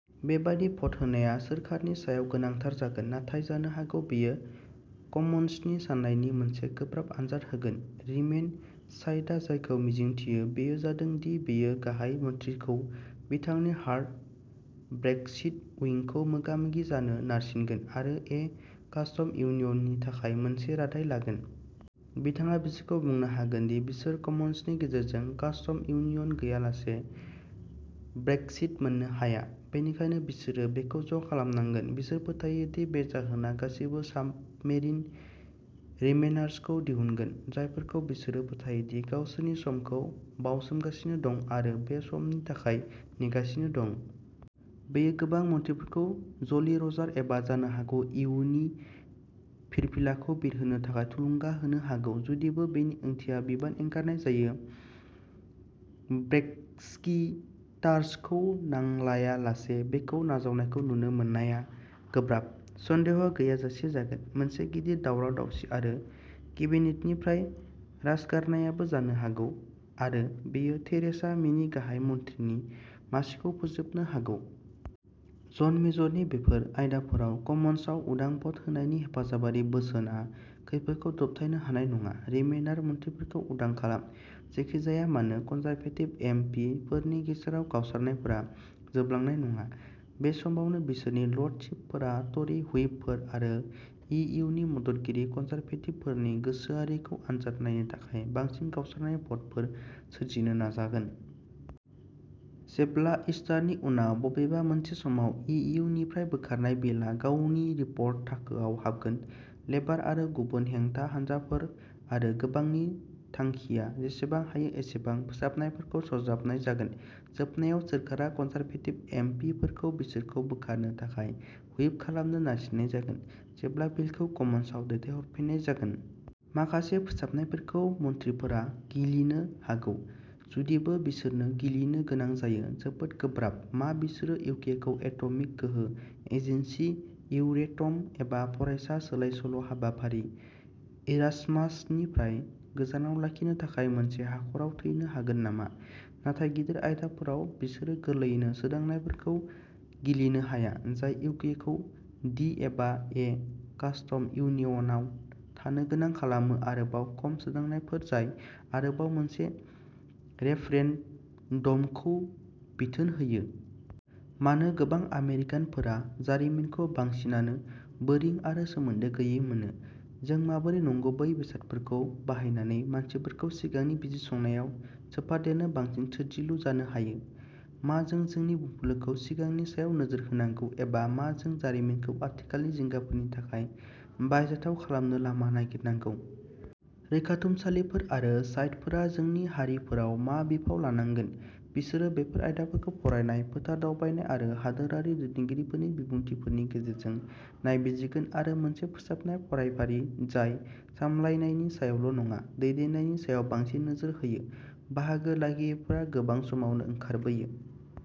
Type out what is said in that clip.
बेबादि भट होनाया सोरखारनि सायाव गोनांथार जागोन। नाथाय जानो हागौ बेयो कमन्सनि साननायनि मोनसे गोब्राब आनजाद होगोन। रिमेन साइडआ जायखौ मिजिंथियो बेयो जादों दि बेयो गाहाय मन्थ्रिखौ बिथांनि हार्ड ब्रेक्सिट उइंखौ मोगा-मोगि जानो नारसिनगोन आरो ए कास्टम इउनियननि थाखाय मोनसे रादाय लागोन। बिथाङा बिसोरखौ बुंनो हागोन दि बिसोर कमन्सनि गेजेरजों कास्टम इउनियन गैयालासे ब्रेक्सिट मोननो हाया, बेनिखायनो बिसोरो बेखौ ज' खालामनांगोन। बिसोर फोथायो दि बे जाहोना गासिबो साबमेरिन रिमेनार्स खौ दिहुनगोन, जायफोरखौ बिसोरो फोथायो दि गावसोरनि समखौ बावसोमगासिनो दं आरो बे समनि थाखाय नेगासिनो दं। बेयो गोबां मन्थ्रिफोरखौ ज'लि रजार एबा जानो हागौ इयुनि फिरफिलाखौ बिरहोनो थाखाय थुलुंगा होनो हागौ, जुदिबो बेनि ओंथिया बिबान एंगारनाय जायो। ब्रेक्सिटार्सखौ नांलायालासे बेखौ नाजावनायखौ नुनो मोननाया गोब्राब। सन्देह गैयाजासे जागोन। मोनसे गिदिर दावराव-दावसि आरो केबिनेटनिफ्राय राजगारनायाबो जानो हागौ आरो बेयो थेरेसा मेनि गाहाय मन्थ्रिनि मासिखौ फोजोबनो हागौ। जन मेजरनि बेफोर आयदाफोराव कमन्सआव उदां भ'ट होनायनि हेफाजाबारि बोसोनआ खैफोदखौ दबथायनो हानाय नङा रिमेनार मन्थ्रिफोरखौ उदां खालाम। जेखि जाया मानो, कनजारभेटिभ एम पि फोरनि गेजेराव गावस्रानायफोरा जोबलांनाय नङा। बे समावनो बिसोरनि लर्डशिपफोरा ट'रि हुइपफोर आरो इ इउ नि मददगिरि कनजारभेटिभफोरनि गोसोआरिखौ आनजाद नायनो थाखाय बांसिन गावस्रानाय भ'टफोर सोरजिनो नाजागोन। जेब्ला, ईस्टारनि उनाव बबेबा मोनसे समाव, इ इउ निफ्राय बोखारनाय बिलआ गावनि रिपर्ट थाखोआव हाबगोन, लेबार आरो गुबुन हेंथा हानजाफोर आरो गोबांनि थांखिया जेसेबां हायो एसेबां फोसाबनायफोरखौ सरजाबनाय जागोन, जोबनायाव सोरखारा कनजारभेटिभ एम पि फोरखौ बिसोरखौ बोखारनो थाखाय हुइप खालामनो नारसिननाय जागोन, जेब्ला बिलखौ कमन्सआव दैथायहरफिननाय जागोन। माखासे फोसाबनायफोरखौ मन्थ्रिफोरा गिलिनो हागौ, जुदिबो बिसोरनो गिलिनो गोनां जायो। जोबोद गोब्राब। मा बिसोरो इउकेखौ एट'मिक गोहो एजेन्सि, इउरेटम, एबा फरायसा सोलाय-सोल' हाबाफारि, इरास्मासनिफ्राय गोजानाव लाखिनो थाखाय मोनसे हाखराव थैनो हागोन नामा? नाथाय गिदिर आयदाफोराव, बिसोरो गोरलैयैनो सोदांनायफोरखौ गिलिनो हाया, जाय इउकेखौ दि एबा ए कास्टम इउनियनआव थानो गोनां खालामो आरोबाव खम सोदांनायफोर जाय आरोबाव मोनसे रेफरेन्डमखौ बिथोन होयो। मानो गोबां आमेरिकानफोरा जारिमिनखौ, बांसिनानो, बोरिं आरो सोमोन्दो गैयै मोनो? जों माबोरै नंगुबै बेसादफोरखौ बाहायनानै मानसिफोरखौ सिगांनि बिजिरसंनायाव सोफादेरनो बांसिन सोरजिलु जानो हायो? मा जों जोंनि बुंफुरलुखौ सिगांनि सायाव नोजोर होनांगौ एबा मा जों जारिमिनखौ आथिखालनि जिंगाफोरनि थाखाय बाहायजाथाव खालामनो लामा नागिरनांगौ? रैखाथुमसालिफोर आरो साइटफोरा जोंनि हारिफोराव मा बिफाव लानांगोन? बिसोरो बेफोर आयदाफोरखौ फरायनाय, फोथार दावबायनाय आरो हादोरारि दैदेनगिरिफोरनि बिबुंथिफोरनि गेजेरजों नायबिजिरगोन आरो मोनसे फोसाबनाय फरायफारि जाय सामलायनायनि सायावल' नङा, दैदेननायनि सायाव बांसिन नोजोर होयो। बाहागो लागिरिफोरा गोबां समावनो ओंखारबोयो।